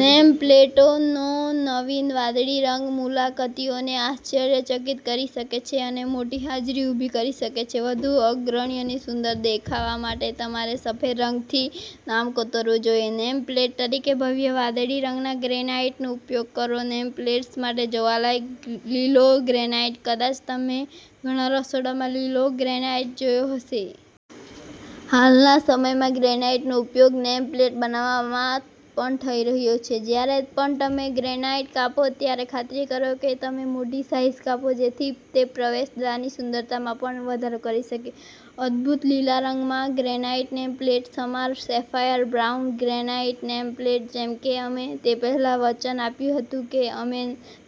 Name પ્લેટનોનવીન વાદળી રંગ મુલાકાતીઓને આશ્ચર્યચકિત કરી શકે છે અને મોટી હાજરી ઉભી કરી શકે છે. વધુ અગ્રણી અને સુંદર દેખાવા માટે તમારે સફેદ રંગથી નામ કોતરવું જોઈએ. નેમપ્લેટ તરીકે ભવ્ય વાદળી રંગના ગ્રેનાઈટનો ઉપયોગ કરો નેમપ્લેટ્સ માટે જોવાલાયક લીલો ગ્રેનાઈટ કદાચ તમે ઘણા રસોડામાં લીલો ગ્રેનાઈટ જોયો હશે. હાલના સમયમાં ગ્રેનાઈટનો ઉપયોગ નેમ પ્લેટ બનાવવામાં પણ થઈ રહ્યો છે. જ્યારે પણ તમે ગ્રેનાઈટ કાપો ત્યારે ખાતરી કરો કે તમે મોટી સાઈઝ કાપો જેથી તે પ્રવેશદ્વારની સુંદરતામાં પણ વધારો કરી શકે. અદભૂત લીલા રંગમાં ગ્રેનાઈટ નેમપ્લેટ સમાન sapphire brown granite name plate જેમ કે અમે તે પહેલાં વચન આપ્યું હતું કે અમે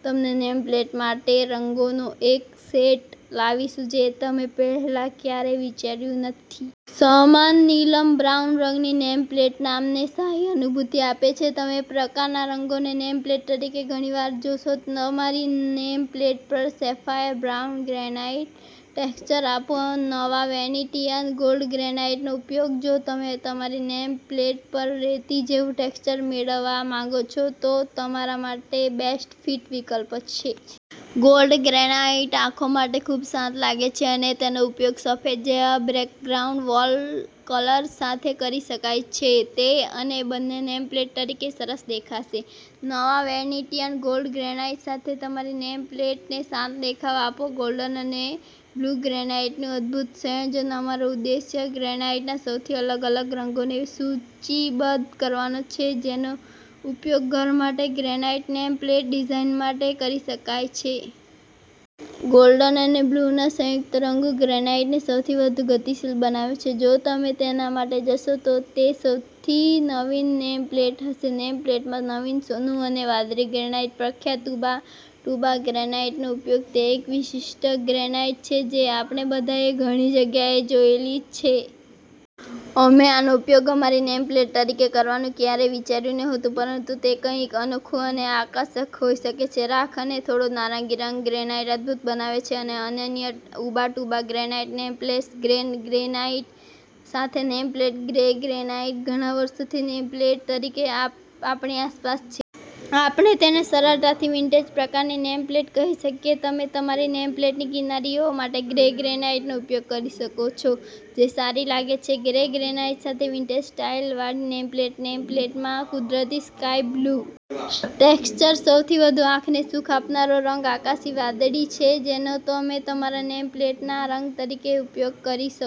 તમને નેમ પ્લેટ માટે રંગોનો એક સેટ લાવીશું જે તમે પહેલાં ક્યારેય વિચાર્યું નથી. સમાન નીલમ બ્રાઉન રંગની નેમ પ્લેટ નામને શાહી અનુભૂતિ આપે છે. તમે પ્રકારના રંગોને નેમપ્લેટ તરીકે ઘણી વાર જોશો. તમારી નેમપ્લેટ પર સેફાયર બ્રાઉન ગ્રેનાઈટ ટેક્સચર આપો નવા વેનેટીયન ગોલ્ડ ગ્રેનાઈટનો ઉપયોગ જો તમે તમારી નેમ પ્લેટ પર રેતી જેવું ટેક્સચર મેળવવા માંગો છો તો તમારા માટે બેસ્ટ ફિટ વિકલ્પ છે. ગોલ્ડ ગ્રેનાઈટ આંખો માટે ખૂબ શાંત લાગે છે અને તેનો ઉપયોગ સફેદ જેવા બેકગ્રાઉન્ડ વોલ કલર્સ સાથે કરી શકાય છે. તે અને બંને નેમ પ્લેટ તરીકે સરસ દેખાશે. નવા વેનેટીયન ગોલ્ડ ગ્રેનાઈટ સાથે તમારી નેમપ્લેટને શાંત દેખાવ આપો ગોલ્ડન અને બ્લુ ગ્રેનાઈટનું અદભૂત સંયોજન અમારો ઉદ્દેશ્ય ગ્રેનાઈટના સૌથી અલગ અલગ રંગોને સૂચિબદ્ધ કરવાનો છે જેનો ઉપયોગ ઘર માટે ગ્રેનાઈટ નેમ પ્લેટ ડિઝાઇન માટે કરી શકાય છે. ગોલ્ડન અને બ્લુના સંયુક્ત રંગો ગ્રેનાઈટને સૌથી વધુ ગતિશીલ બનાવે છે. જો તમે તેના માટે જશો તો તે સૌથી નવીન નેમ પ્લેટ હશે. નેમપ્લેટમાં નવીન સોનું અને વાદળી ગ્રેનાઈટ પ્રખ્યાત ઉબા ટુબા ગ્રેનાઈટનો ઉપયોગ તે એક વિશિષ્ટ ગ્રેનાઈટ છે જે આપણે બધાએ ઘણી જગ્યાએ જોયેલી છે. અમે આનો ઉપયોગ અમારી નેમ પ્લેટ તરીકે કરવાનું ક્યારેય વિચાર્યું નહોતું પરંતુ તે કંઈક અનોખું અને આકર્ષક હોઈ શકે છે. રાખ અને થોડો નારંગી રંગ ગ્રેનાઈટને અદભૂત બનાવે છે. અનન્ય Ubatuba granite nameplates grey granite સાથે નેમ પ્લેટ ગ્રે ગ્રેનાઈટ ઘણા વર્ષોથી નેમપ્લેટ તરીકે આપણી આસપાસ છે. આપણે તેને સરળતાથી વિન્ટેજ પ્રકારની નેમપ્લેટ કહી શકીએ. તમે તમારી નેમપ્લેટની કિનારીઓ માટે ગ્રે ગ્રેનાઈટનો ઉપયોગ કરી શકો છો, જે સારી લાગી શકે છે. ગ્રે ગ્રેનાઈટ સાથે વિન્ટેજ-સ્ટાઈલવાળી નેમપ્લેટ નેમ પ્લેટમાં કુદરતી સ્કાય-બ્લુ ટેક્સચર સૌથી વધુ આંખને સુખ આપનારો રંગ આકાશી વાદળી છે જેનો તમે તમારા નેમપ્લેટના રંગ તરીકે ઉપયોગ કરી શકો